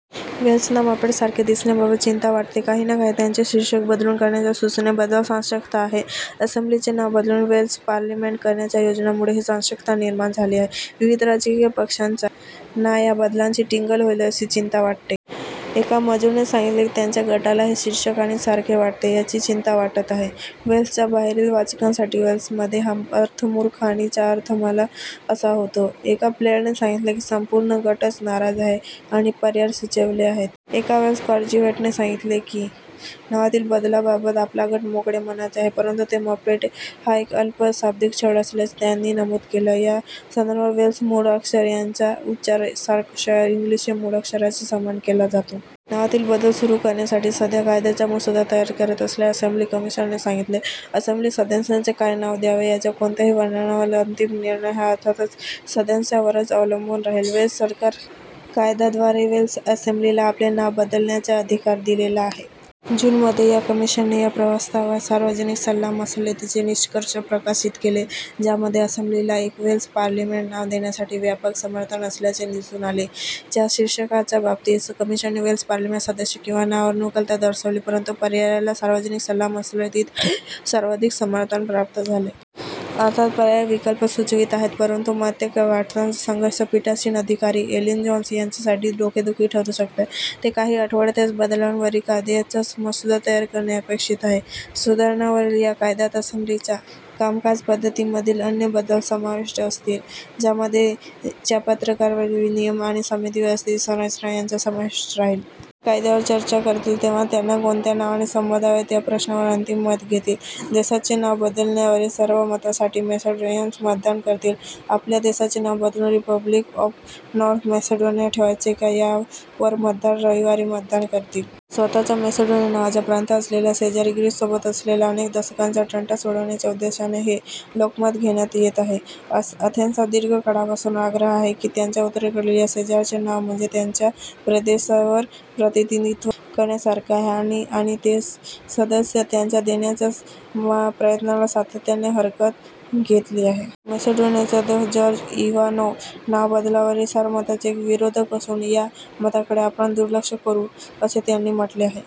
Welsh ना 'मपेट्ससारखे दिसण्याबाबत' चिंता वाटते काही ना त्यांचे शीर्षक बदलून करण्याच्या सूचनेबद्दल साशंकता आहे. असेंब्लीचे नाव बदलून वेल्श पार्लिमेंट करण्याच्या योजनांमुळे ही साशंकता निर्माण झाली आहे. विविध राजकीय पक्षांच्या ना या बदलाची टिंगल होईल अशी चिंता वाटते. एका मजूर ने सांगितले की त्यांच्या गटाला हे शीर्षक " आणि सारखे वाटते" याची चिंता वाटत आहे. वेल्सच्या बाहेरील वाचकांसाठी: वेल्शमध्ये चा अर्थ मूर्ख आणि चा अर्थ मल असा होतो. एका प्लेड ने सांगितलं की संपूर्ण गटच "नाराज आहे" आणि पर्याय सुचविले आहेत. एका वेल्श कॉन्झर्वेटिवने सांगितले की नावातील बदलाबाबत आपला गट "मोकळ्या मनाचा" आहे, परंतु ते मपेट हा एक अल्प शाब्दिक छळ असल्याचं त्यांनी नमूद केलं. या संदर्भात वेल्श मुळाक्षर याचा उच्चार यॉर्कशायर इंग्लिश या मुळाक्षराच्या समान केला जातो. नावातील बदल सुरु करण्यासाठी सध्या कायद्याचा मसुदा करत असलेल्या असेंब्ली कमिशनने सांगितले: "असेंब्ली सदस्यांना काय नाव द्यावे याच्या कोणत्याही वर्णनावरील अंतिम निर्णय हा अर्थातच सदस्यांवरच अवलंबून राहील. " वेल्स सरकार कायदा द्वारे वेल्श असेंब्लीला आपले नाव बदलण्याचा अधिकार दिलेला आहे. जूनमध्ये, या कमिशनने या प्रस्तावांवर सार्वजनिक सल्ला मसलतीचे निष्कर्ष प्रकाशित केले ज्यामध्ये असेंब्लीला एक वेल्श पार्लिमेंट नाव देण्यासाठी व्यापक समर्थन असल्याचे दिसून आले. च्या शीर्षकाच्या बाबतीत, कमिशनने वेल्श पार्लिमेंट सदस्य किंवा ना अनुकूलता दर्शविली, परंतु, पर्यायाला सार्वजनिक सल्ला मसलतीत सर्वाधिक समर्थन प्राप्त झाले. अर्थात पर्यायी विकल्प सुचवित आहेत, परंतु मतैक्य गाठतानाचा संघर्ष पीठासीन अधिकारी, एलिन जोन्स, यांच्यासाठी डोकेदुखी ठरु शकतो, ते काही आठवड्यातच बदलांवरील कायद्याचा मसुदा सादर करणे अपेक्षित आहे. सुधारणांवरील या कायद्यात असेंब्लीच्या कामकाज पद्धतीमधील अन्य बदल समाविष्ट असतील, ज्यामध्ये च्या अपात्रतेवरील नियम आणि समिती व्यवस्थेची संरचना यांचा समाविष्ट राहील. या कायद्यावर चर्चा करतील तेव्हा त्यांना कोणत्या नावाने संबोधावे त्या प्रश्नावर अंतिम मत घेतील. देशाचे नाव बदलण्यावरील सार्वमतासाठी मॅसेडोनियन्स मतदान करतील आपल्या देशाचे नाव बदलून "रिपब्लिक ऑफ नॉर्थ मॅसेडोनिया" ठेवायचे का यावर मतदार रविवारी मतदान करतील. स्वतःचा मॅसेडोनिया नावाचा प्रांत असलेल्या, शेजारी ग्रीससोबत असलेला अनेक दशकांचा तंटा सोडविण्याच्या उद्देशाने हे लोकमत घेण्यात येत आहे. अथेन्सचा दीर्घ काळापासून आग्रह आहे की त्याच्या उत्तरेकडील या शेजाऱ्याचे नाव म्हणजे त्यांच्या प्रदेशावर प्रतिनिधीत्व करण्यासारखे आहे आणि आणि चे सदस्य त्याला देण्याच्या प्रयत्नाला सातत्याने हरकत घेतली आहे. मॅसेडोनियाचे अध्यक्ष जॉर्ज इवानोव, नाव बदलावरील सार्वमताचे एक विरोधक असून, या मताकडे आपण दुर्लक्ष करु असे त्यांनी म्हटलं आहे.